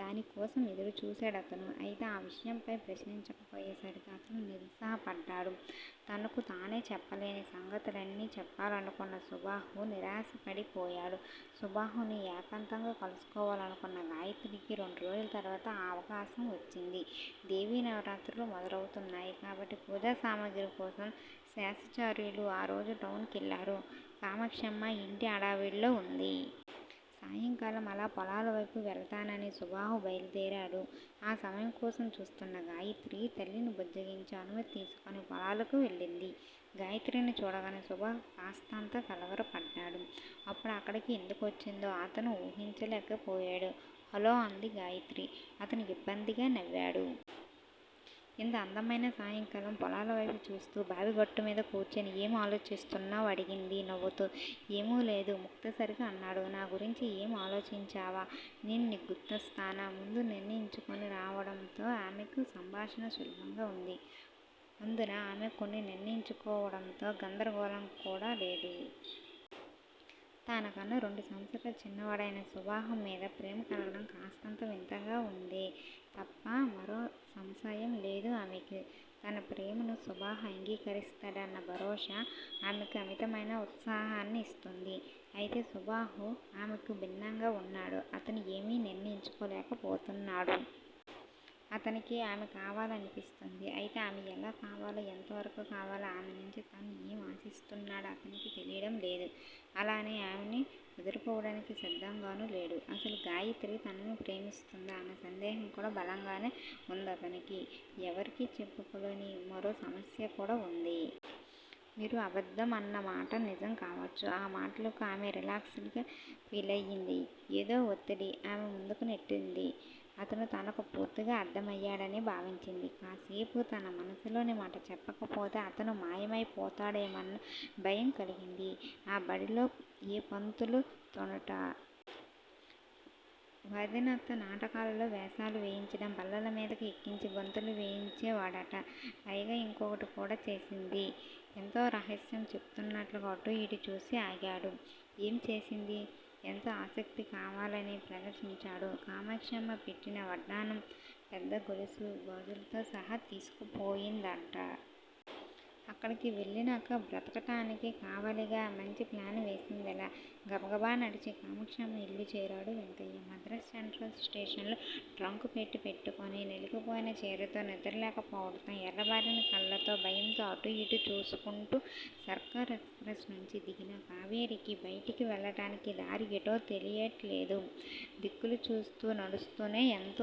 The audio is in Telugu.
దాని కోసం ఎదురు చూశాడతను. అయితే ఆ విషయంపై ప్రశ్నించకపోయేసరికి అతను నిరుత్సాహపడ్డాడు. తనకు తనే చెప్పలేని సంగతులన్నీ చెప్పాలనుకున్న సుబాహు నిరాశపడి పోయాడు. సుబాహును ఏకాంతంగా కలుసుకోవాలనుకున్న గాయత్రికి రెండు రోజుల తరువాత ఆ అవకాశం వచ్చింది. దేవీ నవరాత్రులు మొదలవుతాయి కాబట్టి పూజా సామగ్రికోసం శేషాచార్యులు ఆ రోజు టౌన్ కెళ్ళారు, కామాక్షమ్మ ఇంటి హడావుడిలో వుంది. సాయంకాలం అలా పొలాలవైపు వెళతానని సుబాహు బయల్దేరాడు. ఆ సమయం కోసమే చూస్తున్న గాయత్రి తల్లిని బుజ్జగించి, అనుమతి తీసుకుని పొలాలకు వెళ్ళింది. గాయత్రిని చూడగానే సుబాహు కాస్తంత కలవరపడ్డాడు. అప్పుడు అక్కడికి ఎందుకొచ్చిందో అతను వూహించలేకపోయాడు. హలో! అంది గాయత్రి. అతను ఇబ్బందిగా నవ్వాడు. ఇంత అందమైన సాయంకాలం పొలాలవైపు చూస్తూ బావిగట్టుమీద కూర్చుని ఏమాలోచిస్తున్నావ్? అడిగింది నవ్వుతూ. ఏమీ లేదు ముక్తసరిగా అన్నాడు. నా గురించి ఏమీ ఆలోచించవా? నేను నీకు గుర్తొస్తానా? ముందు నిర్ణయించుకుని రావడంతో ఆమెకు సంభాషణ సులభంగా వుంది అందునా ఆమె కొన్ని నిర్ణయించుకోవడంతో గందరగోళం కూడా లేదు. తనకన్నా రెండు సంవత్సరాలు చిన్న వాడైనా సుబాహు మీద ప్రేమ కలగడం కాస్తంత వింతగా ఉందే తప్ప మరో సంశయం లేదామెకు. తన ప్రేమను సుబాహు అంగీకరిస్తాడన్న భరోసా ఆమెకు అమితమైన ఉత్సాహాన్ని ఇస్తోంది. అయితే సుబాహు ఆమెకు భిన్నంగా వున్నాడు. అతను ఏమీ నిర్ణయించుకోలేక పోతున్నాడు. అతనికి ఆమె కావాలనిపిస్తోంది. అయితే ఆమె ఎలా కావాలో, ఎంతవరకు కావాలో, ఆమె నుంచి తను ఏమి ఆశిస్తున్నాడో అతనికి తెలియడం లేదు. అలా అని ఆమెను ఒదులుకోవడానికి సిద్ధంగానూ లేడు. అసలు గాయత్రి తనను ప్రేమిస్తోందా అన్న సందేహం కూడా బలంగానే వుందతనికి. ఎవరికీ చెప్పుకోలేని మరో సమస్య కూడా వుంది. మీరు అబద్ధం అన్నమాట నిజం కావచ్చు ఆ మాటలకు ఆమె రిలాక్స్ డ్ గా ఫీలయ్యింది. ఏదో వత్తిడి ఆమె ముందుకు నెట్టింది. అతను తనకు పూర్తిగా అర్థమయ్యాడని భావించింది. కాసేపు తన మనసులోని మాట చెప్పకపోతే అతను మాయమై పోతాడేమోన్న భయం కలిగింది. ఆ బడిలో ఏ పంతులుతోనట? వాదేనత నాటకాలలో వేషాలు వేయించటం బల్లల మీదకి ఎక్కించి గంతులు వేయించేవాడట! పైగా యింకోకటి కూడా చేసింది! ఎంతో రహస్యం చెప్పుతున్నట్టుగా అటూ యిటూ చూసి ఆగాడు. ఏం చేసింది? ఎంతో ఆసక్తి కావాలనే ప్రదర్శించాడు. కామాక్షమ్మ పెట్టిన వడ్డాణం, పెద్ద గొలుసు గాజులుతో సహా తీసుకుపోయిందట! అక్కడికి వెళ్ళినాక బ్రతకటానికి కావాలిగా! మంచి ప్లాన్ వేసిందిలే! గబగబా నడిచి కామాక్షమ్మ యిల్లు చేరాడు వెంకయ్య! మద్రాసు సెంట్రల్ స్టేషన్ లో ట్రంకుపెట్టె పట్టుకుని నలిగిపోయిన చీరతో నిద్రలేక పోవటంతో ఎర్రబారిన కళ్ళతో భయంతో అటూ యిటూ చూసుకుంటూ సర్కార్ ఎక్స్ ప్రెస్ నుంచి దిగిన కావేరికి బైటికి వెళ్ళటానికి దారి ఎటో తెలియట్లేదు. దిక్కులు చూస్తూ నడుస్తూనే ఎంతో